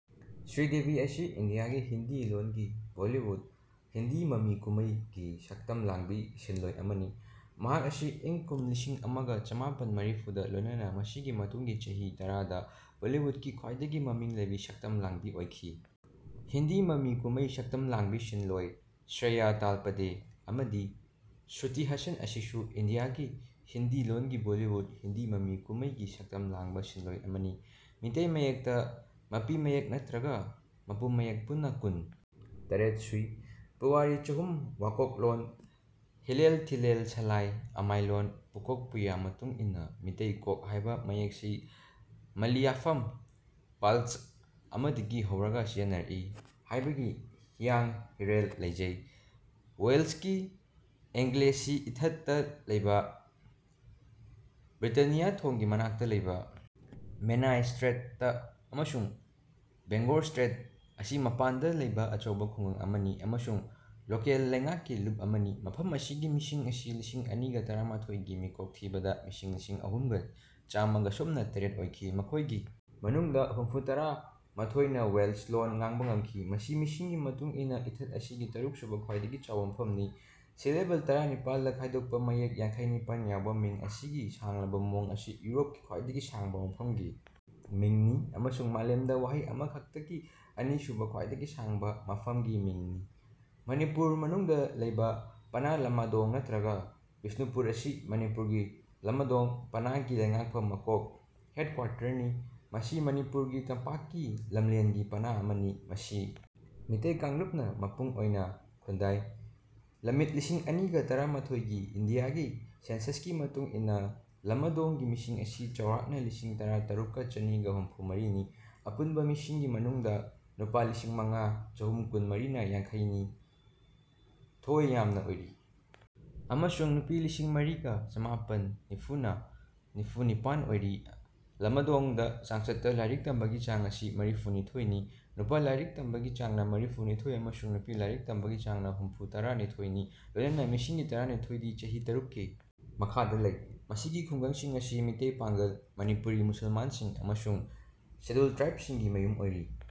ꯁ꯭ꯔꯤꯗꯦꯚꯤ ꯑꯁꯤ ꯏꯟꯗꯤꯌꯥꯒꯤ ꯍꯤꯟꯗꯤ ꯂꯣꯟꯒꯤ ꯕꯣꯜꯂꯤꯋꯨꯗ (ꯍꯤꯟꯗꯤ ꯃꯃꯤ ꯀꯨꯝꯃꯩ)ꯒꯤ ꯁꯛꯇꯝ ꯂꯥꯡꯕꯤ ꯁꯤꯟꯂꯣꯢ ꯑꯃꯅꯤ꯫ ꯃꯍꯥꯛ ꯑꯁꯤ ꯏꯪ ꯀꯨꯝ ꯂꯤꯁꯤꯡ ꯑꯃꯒ ꯆꯃꯥꯄꯟ ꯃꯔꯤꯐꯨꯗ ꯂꯣꯢꯅꯅ ꯃꯁꯤꯒꯤ ꯃꯇꯨꯡꯒꯤ ꯆꯍꯤ ꯇꯔꯥꯗ ꯕꯣꯜꯂꯤꯋꯨꯗꯀꯤ ꯈ꯭ꯋꯥꯢꯗꯒꯤ ꯃꯃꯤꯡ ꯂꯩꯕꯤ ꯁꯛꯇꯝ ꯂꯥꯡꯕꯤ ꯑꯣꯢꯈꯤ꯫ ꯍꯤꯟꯗꯤ ꯃꯃꯤ ꯀꯨꯝꯃꯩ ꯁꯛꯇꯝ ꯂꯥꯡꯕꯤ ꯁꯤꯟꯂꯣꯢ ꯁ꯭ꯔꯦꯌꯥꯁ ꯇꯥꯜꯄꯥꯗꯦ ꯑꯃꯗꯤ ꯁ꯭ꯔꯨꯇꯤ ꯍꯥꯁꯟ ꯑꯁꯤꯁꯨ ꯏꯟꯗꯤꯌꯥꯒꯤ ꯍꯤꯟꯗꯤ ꯂꯣꯟꯒꯤ ꯕꯣꯜꯂꯤꯋꯨꯗ (ꯍꯤꯟꯗꯤ ꯃꯃꯤ ꯀꯨꯝꯃꯩ)ꯒꯤ ꯁꯛꯇꯝ ꯂꯥꯡꯕ ꯁꯤꯟꯂꯣꯢ ꯑꯃꯅꯤ꯫ ꯃꯤꯇꯩ ꯃꯌꯦꯛꯇ ꯃꯄꯤ ꯃꯌꯦꯛ ꯅꯠꯇ꯭ꯔꯒ ꯃꯄꯨꯝ ꯃꯌꯦꯛ ꯄꯨꯟꯅ ꯀꯨꯟ - ꯇꯔꯦꯠ ꯁꯨꯏ꯫ ꯄꯨꯋꯥꯔꯤ ꯆꯍꯨꯝ ꯋꯥꯀꯣꯛꯂꯣꯟ ꯍꯤꯂꯦꯜ ꯊꯤꯂꯦꯜ ꯁꯂꯥꯏ ꯑꯃꯥꯏꯂꯣꯟ ꯄꯨꯀꯣꯛ ꯄꯨꯌꯥ ꯃꯇꯨꯡꯏꯟꯅ ꯃꯤꯇꯩ ꯀꯣꯛ ꯍꯥꯏꯕ ꯃꯌꯦꯛꯁꯤ ꯃꯂꯤꯌꯥꯐꯝ ꯄꯥꯜꯆ ꯑꯃꯗꯒꯤ ꯍꯧꯔꯒ ꯁꯤꯖꯤꯟꯅꯔꯛꯏ ꯍꯥꯏꯕꯒꯤ ꯍꯤꯌꯥꯡ ꯍꯤꯔꯦꯜ ꯂꯩꯖꯩ꯫ ꯋꯦꯜꯁꯀꯤ "ꯑꯦꯡꯒꯦꯂꯦꯁꯤ ꯏꯊꯠ"ꯇ ꯂꯩꯕ ꯕ꯭ꯔꯤꯇꯥꯅꯤꯌꯥ ꯊꯣꯡꯒꯤ ꯃꯅꯥꯛꯇ ꯂꯩꯕ "ꯃꯦꯅꯥꯏ ꯁ꯭ꯇ꯭ꯔꯦꯠ"ꯇ ꯑꯃꯁꯨꯡ "ꯕꯦꯡꯒꯣꯔ ꯁ꯭ꯇ꯭ꯔꯦꯠ" ꯑꯁꯤ ꯃꯄꯥꯟꯗ ꯂꯩꯕ ꯑꯆꯧꯕ ꯈꯨꯡꯒꯪ ꯑꯃꯅꯤ ꯑꯃꯁꯨꯡ ꯂꯣꯀꯦꯜ ꯂꯩꯉꯥꯛꯀꯤ ꯂꯨꯞ ꯑꯃꯅꯤ꯫ ꯃꯐꯝ ꯑꯁꯤꯒꯤ ꯃꯤꯁꯤꯡ ꯑꯁꯤ ꯂꯤꯁꯤꯡ ꯑꯅꯤꯒ ꯇꯔꯥꯃꯥꯊꯣꯏ ꯒꯤ ꯃꯤꯀꯣꯛ ꯊꯤꯕꯗ ꯃꯤꯁꯤꯡ ꯂꯤꯁꯤꯡꯑꯍꯨꯝꯒ ꯆꯥꯃꯒ ꯁꯨꯞꯅ ꯇꯔꯦꯠ ꯑꯣꯏꯈꯤ꯫ ꯃꯈꯣꯢꯒꯤ ꯃꯅꯨꯡꯗ ꯍꯨꯝꯐꯨꯇꯔꯥ ꯃꯥꯊꯣꯏꯅ ꯋꯦꯜꯁ ꯂꯣꯟ ꯉꯥꯡꯕ ꯉꯝꯈꯤ꯫ ꯃꯁꯤ ꯃꯤꯁꯤꯡꯒꯤ ꯃꯇꯨꯡ ꯏꯟꯅ ꯏꯊꯠ ꯑꯁꯤꯒꯤ ꯇꯔꯨꯛꯁꯨꯕ ꯈ꯭ꯋꯥꯢꯗꯒꯤ ꯆꯥꯎꯕ ꯃꯐꯝꯅꯤ꯫ ꯁꯤꯂꯦꯕꯜ ꯇꯔꯥꯅꯤꯄꯥꯜꯗ ꯈꯥꯏꯗꯣꯛꯄ ꯃꯌꯦꯛ ꯌꯥꯡꯈꯩ ꯅꯤꯄꯥꯟ ꯌꯥꯎꯕ ꯃꯤꯡ ꯑꯁꯤꯒꯤ ꯁꯥꯡꯂꯕ ꯃꯑꯣꯡ ꯑꯁꯤ ꯌꯨꯔꯣꯞꯀꯤ ꯈ꯭ꯋꯥꯏꯗꯒꯤ ꯁꯥꯡꯕ "ꯃꯐꯝꯒꯤ ꯃꯤꯡ"ꯅꯤ ꯑꯃꯁꯨꯡ ꯃꯥꯂꯦꯝꯗ ꯋꯥꯍꯩ ꯑꯃꯈꯛꯇꯒꯤ ꯑꯅꯤꯁꯨꯕ ꯈ꯭ꯋꯥꯏꯗꯒꯤ ꯁꯥꯡꯕ "ꯃꯐꯝꯒꯤ ꯃꯤꯡ"ꯅꯤ꯫ ꯃꯅꯤꯄꯨꯔ ꯃꯅꯨꯡꯗ ꯂꯩꯕ ꯄꯅꯥ ꯂꯃꯥꯡꯗꯣꯡ ꯅꯠꯇ꯭ꯔꯒ ꯕꯤꯁ꯭ꯅꯨꯄꯨꯔ ꯑꯁꯤ ꯃꯅꯤꯄꯨꯔꯒꯤ ꯂꯃꯥꯡꯗꯣꯡ ꯄꯅꯥꯒꯤ ꯂꯩꯉꯥꯛꯐꯝ ꯃꯀꯣꯛ (ꯍꯦꯗꯀ꯭ꯋꯥꯔꯇꯔ) ꯅꯤ꯫ ꯃꯁꯤ ꯃꯅꯤꯄꯨꯔ ꯒꯤ ꯇꯝꯄꯥꯛꯀꯤ ꯂꯝꯂꯦꯟꯒꯤ ꯄꯅꯥ ꯑꯃꯅꯤ꯫ ꯃꯁꯤ ꯃꯤꯇꯩ ꯀꯥꯡꯂꯨꯞꯅ ꯃꯄꯨꯡ ꯑꯣꯢꯅ ꯈꯨꯟꯗꯥꯏ꯫ ꯂꯝꯃꯤꯠ ꯂꯤꯁꯤꯡ ꯑꯅꯤꯒ ꯇꯔꯥꯃꯥꯊꯣꯏꯒꯤ ꯏꯟꯗꯤꯌꯥꯒꯤ ꯁꯦꯟꯁꯁꯀꯤ ꯃꯇꯨꯡ ꯏꯟꯅ ꯂꯃꯥꯡꯗꯣꯡꯒꯤ ꯃꯤꯁꯤꯡ ꯑꯁꯤ ꯆꯥꯎꯔꯥꯛꯅ ꯂꯤꯁꯤꯡ ꯇꯔꯥꯇꯔꯨꯛꯀ ꯆꯅꯤꯒ ꯍꯨꯝꯐꯨ ꯃꯔꯤꯅꯤ꯫ ꯑꯄꯨꯟꯕ ꯃꯤꯁꯤꯡꯒꯤ ꯃꯅꯨꯡꯗ ꯅꯨꯄꯥ ꯂꯤꯁꯤꯡꯃꯉꯥ ꯆꯍꯨꯝ ꯀꯨꯟꯃꯔꯤꯅ ꯌꯥꯡꯈꯩ ꯅꯤꯊꯣꯢ ꯌꯥꯝꯅ ꯑꯣꯏꯔꯤ ꯑꯃꯁꯨꯡ ꯅꯨꯄꯤ ꯂꯤꯁꯤꯡꯃꯔꯤꯒ ꯆꯃꯥꯄꯟ ꯅꯤꯐꯨꯅ ꯅꯤꯐꯨꯅꯤꯄꯥꯟ ꯑꯣꯏꯔꯤ꯫ ꯂꯃꯥꯡꯗꯣꯡꯗ ꯆꯥꯡꯆꯠꯇ ꯂꯥꯏꯔꯤꯛ ꯇꯝꯕꯒꯤ ꯆꯥꯡ ꯑꯁꯤ ꯃꯔꯤꯐꯨ ꯅꯤꯊꯣꯏꯅꯤ꯫ ꯅꯨꯄꯥ ꯂꯥꯏꯔꯤꯛ ꯇꯝꯕꯒꯤ ꯆꯥꯡꯅ ꯃꯔꯤꯐꯨ ꯅꯤꯊꯣꯏ ꯑꯃꯁꯨꯡ ꯅꯨꯄꯤ ꯂꯥꯏꯔꯤꯛ ꯇꯝꯕꯒꯤ ꯆꯥꯡꯅ ꯍꯨꯝꯐꯨꯇꯔꯥ ꯅꯤꯊꯣꯏꯅꯤ ꯂꯣꯏꯅꯅ ꯃꯤꯁꯤꯡꯒꯤ ꯇꯔꯥꯅꯤꯊꯣꯏꯗꯤ ꯆꯍꯤ ꯇꯔꯨꯛꯀꯤ ꯃꯈꯥꯗꯥ ꯂꯩ꯫ ꯃꯁꯤꯒꯤ ꯈꯨꯡꯒꯪ ꯑꯁꯤ ꯃꯤꯇꯩ, ꯄꯥꯡꯒꯜ (ꯃꯅꯤꯄꯨꯔꯤ ꯃꯨꯁꯜꯃꯥꯟꯁꯤꯡ) ꯑꯃꯁꯨꯡ ꯁꯦꯗ꯭ꯌꯨꯜ ꯇ꯭ꯔꯥꯏꯕꯁꯤꯡꯒꯤ ꯃꯌꯨꯝ ꯑꯣꯏꯔꯤ꯫